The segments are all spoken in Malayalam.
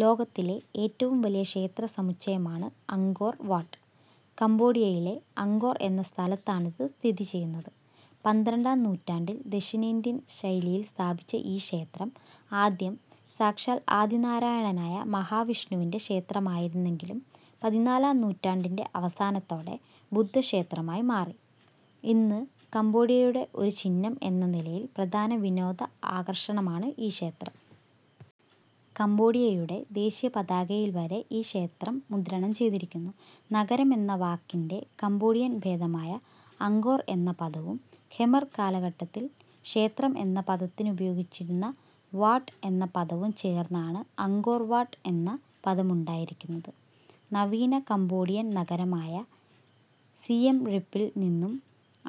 ലോകത്തിലെ ഏറ്റവും വലിയ ക്ഷേത്ര സമുച്ചയമാണ് അങ്കോർ വാട്ട്. കമ്പോഡിയയിലെ അങ്കോർ എന്ന സ്ഥലത്താണിത് സ്ഥിതി ചെയ്യുന്നത്. പന്ത്രണ്ടാം നൂറ്റാണ്ടിൽ ദക്ഷിണേന്ത്യൻ ശൈലിയിൽ സ്ഥാപിച്ച ഈ ക്ഷേത്രം ആദ്യം സാക്ഷാൽ ആദി നാരായണനായ മഹാവിഷ്ണുവിന്റെ ക്ഷേത്രമായിരുന്നെങ്കിലും പതിനാലാം നൂറ്റാണ്ടിന്റെ അവസാനത്തോടെ ബുദ്ധക്ഷേത്രമായി മാറി. ഇന്ന് കമ്പോഡിയയുടെ ഒരു ചിഹ്നം എന്ന നിലയിൽ പ്രധാന വിനോദ ആകർഷണമാണ് ഈ ക്ഷേത്രം. കമ്പോഡിയയുടെ ദേശീയപതാകയിൽ വരെ ഈ ക്ഷേത്രം മുദ്രണം ചെയ്തിരിക്കുന്നു.. നഗരം എന്ന വാക്കിന്റെ കമ്പോഡിയൻ ഭേദമായ അങ്കോർ എന്ന പദവും ഖെമർ കാലഘട്ടത്തിൽ ക്ഷേത്രം എന്ന പദത്തിനുപയോഗിച്ചിരുന്ന വാട്ട് എന്ന പദവും ചേർന്നാണ് അങ്കോർ വാട്ട് എന്ന പദമുണ്ടായിരിക്കുന്നത്. നവീന കമ്പോഡിയൻ നഗരമായ സിയെം റീപ്പിൽ നിന്നും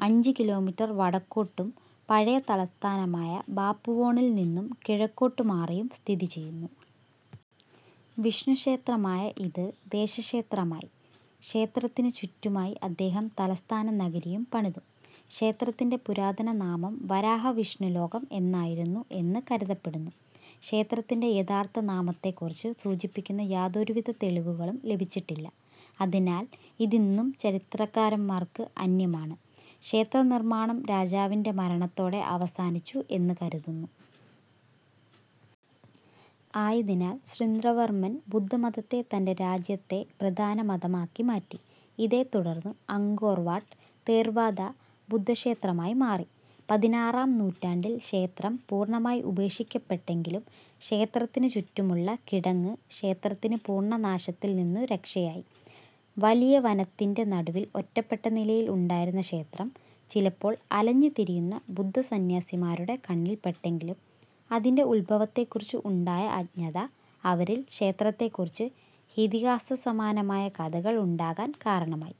അഞ്ച് കിലോമീറ്റർ വടക്കോട്ടും പഴയ തലസ്ഥനമായ ബാപ്പുവോണിൽ നിന്നും കിഴക്കോട്ടു മാറിയും സ്ഥിതി ചെയ്യുന്നു. വിഷ്ണുക്ഷേത്രമായ ഇത് ദേശക്ഷേത്രമായി. ക്ഷേത്രത്തിനു ചുറ്റുമായി അദ്ദേഹം തലസ്ഥാനനഗരിയും പണിതു. ക്ഷേത്രത്തിന്റെ പുരാതന നാമം വരാഹ വിഷ്ണുലോകം എന്നായിരുന്നു എന്ന് കരുതപ്പെടുന്നു. ക്ഷേത്രത്തിന്റെ യഥാർത്ഥ നാമത്തെക്കുറിച്ച് സൂചിപ്പിക്കുന്ന യാതൊരുവിധ തെളിവുകളും ലഭിച്ചിട്ടില്ല. അതിനാൽ ഇതിന്നും ചരിത്രകാരന്മാർക്ക് അന്യമാണ്. ക്ഷേത്രനിർമ്മാണം രാജാവിന്റെ മരണത്തോടെ അവസാനിച്ചു എന്നു കരുതുന്നു. ആയതിനാൽ ശൃംന്ദ്രവർമ്മൻ ബുദ്ധമതത്തെ തന്റെ രാജ്യത്തെ പ്രധാന മതമാക്കി മാറ്റി. ഇതേത്തുടർന്ന് അങ്കോർ വാട്ട് തേർവാദ ബുദ്ധക്ഷേത്രമായി മാറി. പതിനാറാം നൂറ്റാണ്ടിൽ ക്ഷേത്രം പൂർണ്ണമായി ഉപേക്ഷിക്കപ്പെട്ടെങ്കിലും ക്ഷേത്രത്തിനു ചുറ്റുമുള്ള കിടങ്ങ് ക്ഷേത്രത്തിന് പൂർണ്ണനാശത്തിൽ നിന്നു രക്ഷയായി. വലിയ വനത്തിന്റെ നടുവിൽ ഒറ്റപ്പെട്ട നിലയിൽ ഉണ്ടായിരുന്ന ക്ഷേത്രം ചിലപ്പോൾ അലഞ്ഞുതിരിയുന്ന ബുദ്ധസന്യാസിമാരുടെ കണ്ണിൽ പെട്ടെങ്കിലും അതിന്റെ ഉത്ഭവത്തെക്കുറിച്ച് ഉണ്ടായ അജ്ഞത അവരിൽ ക്ഷേത്രത്തെക്കുറിച്ച് ഇതിഹാസസമാനമായ കഥകൾ ഉണ്ടാകാൻ കാരണമായി.